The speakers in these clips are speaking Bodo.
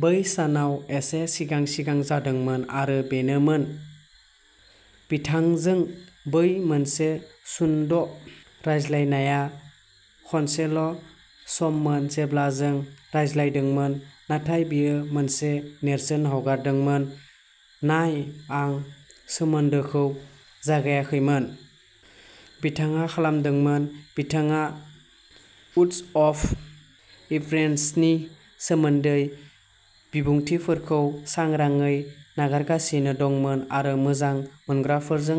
बै सानाव एसे सिगां-सिगां जादोंमोन आरो बेनोमोन। बिथांजों बै मोनसे सुंद' रायज्लायनाया खनसेल' सममोन जेब्ला जों "रायज्लायदोंमोन" नाथाय बेयो मोनसे नेरसोन हगारदोंमोन। नाय, आं सोमोनदोखौ जागायाखैमोन। बिथाङा खालामदोंमोन। बिथाङा उड्स अफ इप्रेसनि सोमोन्दै बिबुंथिफोरखौ सांग्राङै नागिरगासिनो दंमोन आरो मोजां मोनग्राफोरजों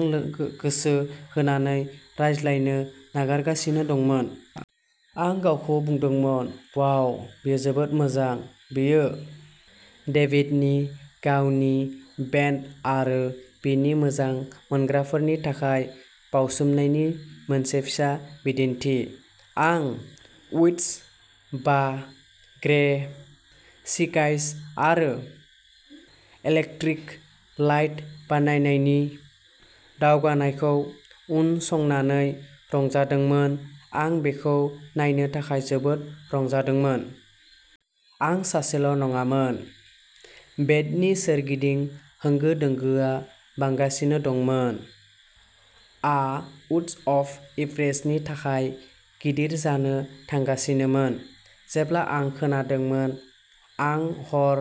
गोसो होनानै रायज्लायनो नागिरगासिनो दंमोन। आं गावखौ बुंदोंमोन, "अवाव बेयो जोबोद मोजां।" बेयो डेभिडनि गावनि बेन्ड आरो बिनि मोजां मोनग्राफोरनि थाखाय बावसोमनायनि मोनसे फिसा बिदिनथि। आं उड्स बा ग्रे सिकाइज आरो इलेक्ट्रिक लाइट बानायनायनि दावगानायखौ उनसंनानै रंजादोंमोन। आं बेखौ नायनो थाखाय जोबोद रंजादोंमोन। आं सासेल'नङामोन। बेन्डनि सोरगिदिं होंगो दोंगोआ बांगासिनो दंमोन। आ उड्स अफ इप्रेसनि थाखाय गिदिर जानो थांगासिनोमोन। जेब्ला आं खोनादोंमोन आं हर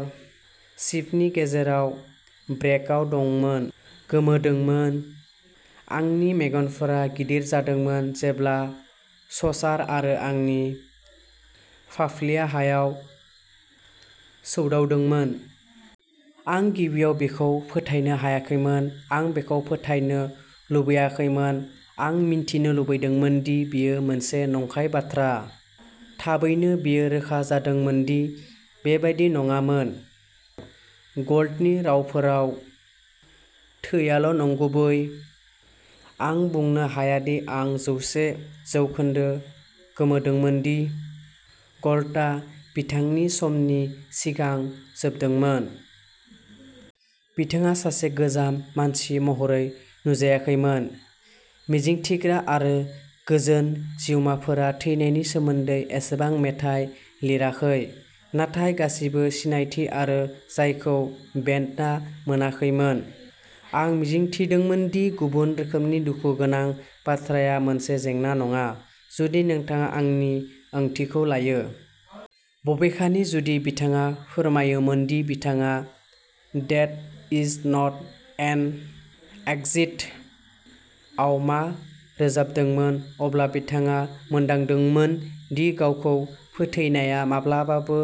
सिफ्टनि गेजेराव ब्रेकआव दंमोन। गोमोदोंमोन। आंनि मेगनफोरा गिदिर जादोंमोन जेब्ला ससार आरो आंनि फाफ्लिआ हायाव सौदावदोंमोन। आं गिबियाव बेखौ फोथायनो हायाखैमोन। आं बेखौ फोथायनो लुगैयाखैमोन। आं मिथिनो लुगैदोंमोन दि बेयो मोनसे नंखाय बाथ्रा। थाबैनो बेयो रोखा जादोंमोन दि बेबादि नङामोन। गल्डनि रावफोराव, "थैआल' नंगुबै।" आं बुंनो हाया दि आं जौसे जौखोनदो गोमोदोंमोन दि गल्डआ बिथांनि समनि सिगां जोबदोंमोन। बिथाङा सासे गोजोन मानसि महरै नुजायाखैमोन। मिजिंथिग्रा आरो गोजोन जिउमाफोरा थैनायनि सोमोन्दै एसेबां मेथाइ लिराखै। नाथाय गासिबो सिनायथि आरो जायखौ बेन्डआ मोनाखैमोन, आं मिजिंथिदोंमोन दि गुबुन रोखोमनि दुखुगोनां बाथ्राया मोनसे जेंना नङा। जुदि नोंथाङा आंनि ओंथिखौ लायो। बबेखानि, जुदि बिथाङा फोथायोमोन दि बिथाङा "death is not an exit" आव मा रोजाबदोंमोन, अब्ला बिथाङा मोनदांदोंमोन दि गावखौ फोथैनाया माब्लाबाबो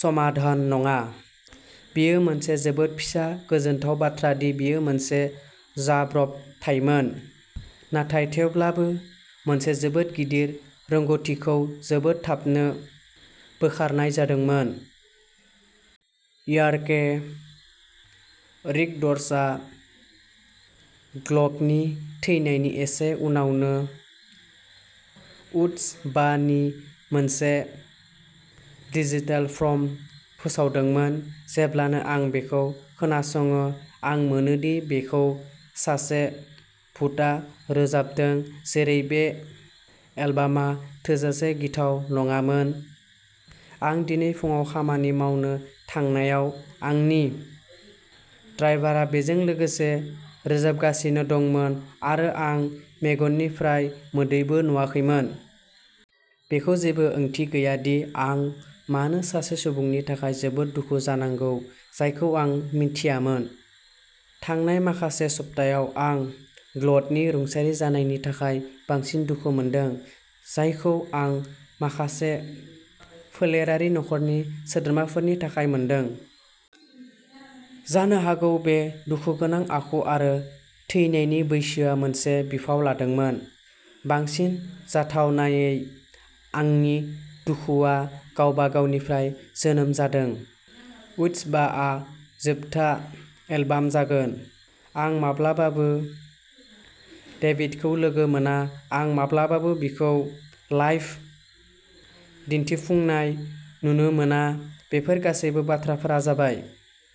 समाधान नङा। बेयो मोनसे जोबोद फिसा गोजोनथाव बाथ्रा दि बेयो मोनसे जाब्रबथायमोन, नाथाय थेवब्लाबो, मोनसे जोबोद गिदिर रोंग'थिखौ जोबोद थाबनो बोखारनाय जादोंमोन। इयारके रिकर्डसआ गल्डनि थैनायनि एसे उनावनो उड्स बा नि मोनसे डिजिटेल प्रम' फोसावदोंमोन। जेब्लानो आं बेखौ खोनासङो, आं मोनो दि बेखौ सासे भुतआ रोजाबदों। जेरै बे एलबामा थोजासे गिथाव नङामोन। आं दिनै फुंआव खामानि मावनो थांनायाव आंनि ड्राइभारा बेजों लोगोसे रोजाबगासिनो दंमोन आरो आं मेगननिफ्राय मोदैबो नुवाखैमोन। बेखौ जेबो ओंथि गैया दि आं मानो सासे सुबुंनि थाखाय जोबोद दुखु जानांगौ जायखौ आं मिथियामोन। थांनाय माखासे सप्तायाव आं गल्डनि रुंसारि जानायनि थाखाय बांसिन दुखु मोनदों, जायखौ आं माखासे फोलेरारि नखरनि सोद्रोमाफोरनि थाखाय मोनदों। जानो हागौ बे दुखुगोनां आखु आरो थैनायनि बैसोआ मोनसे बिफाव लादोंमोन। बांसिन जाथावनायै, आंनि दुखुआ गावबा गावनिफ्राय जोनोम जादों। उड्स बा आ जोबथा एलबाम जागोन। आं माब्लाबाबो डेभिडखौ लोगो मोना। आं माब्लाबाबो बिखौ लाइभ दिनथिफुंनाय नुनो मोना। बेफोर गासैबो बाथ्राफोरा जाबाय,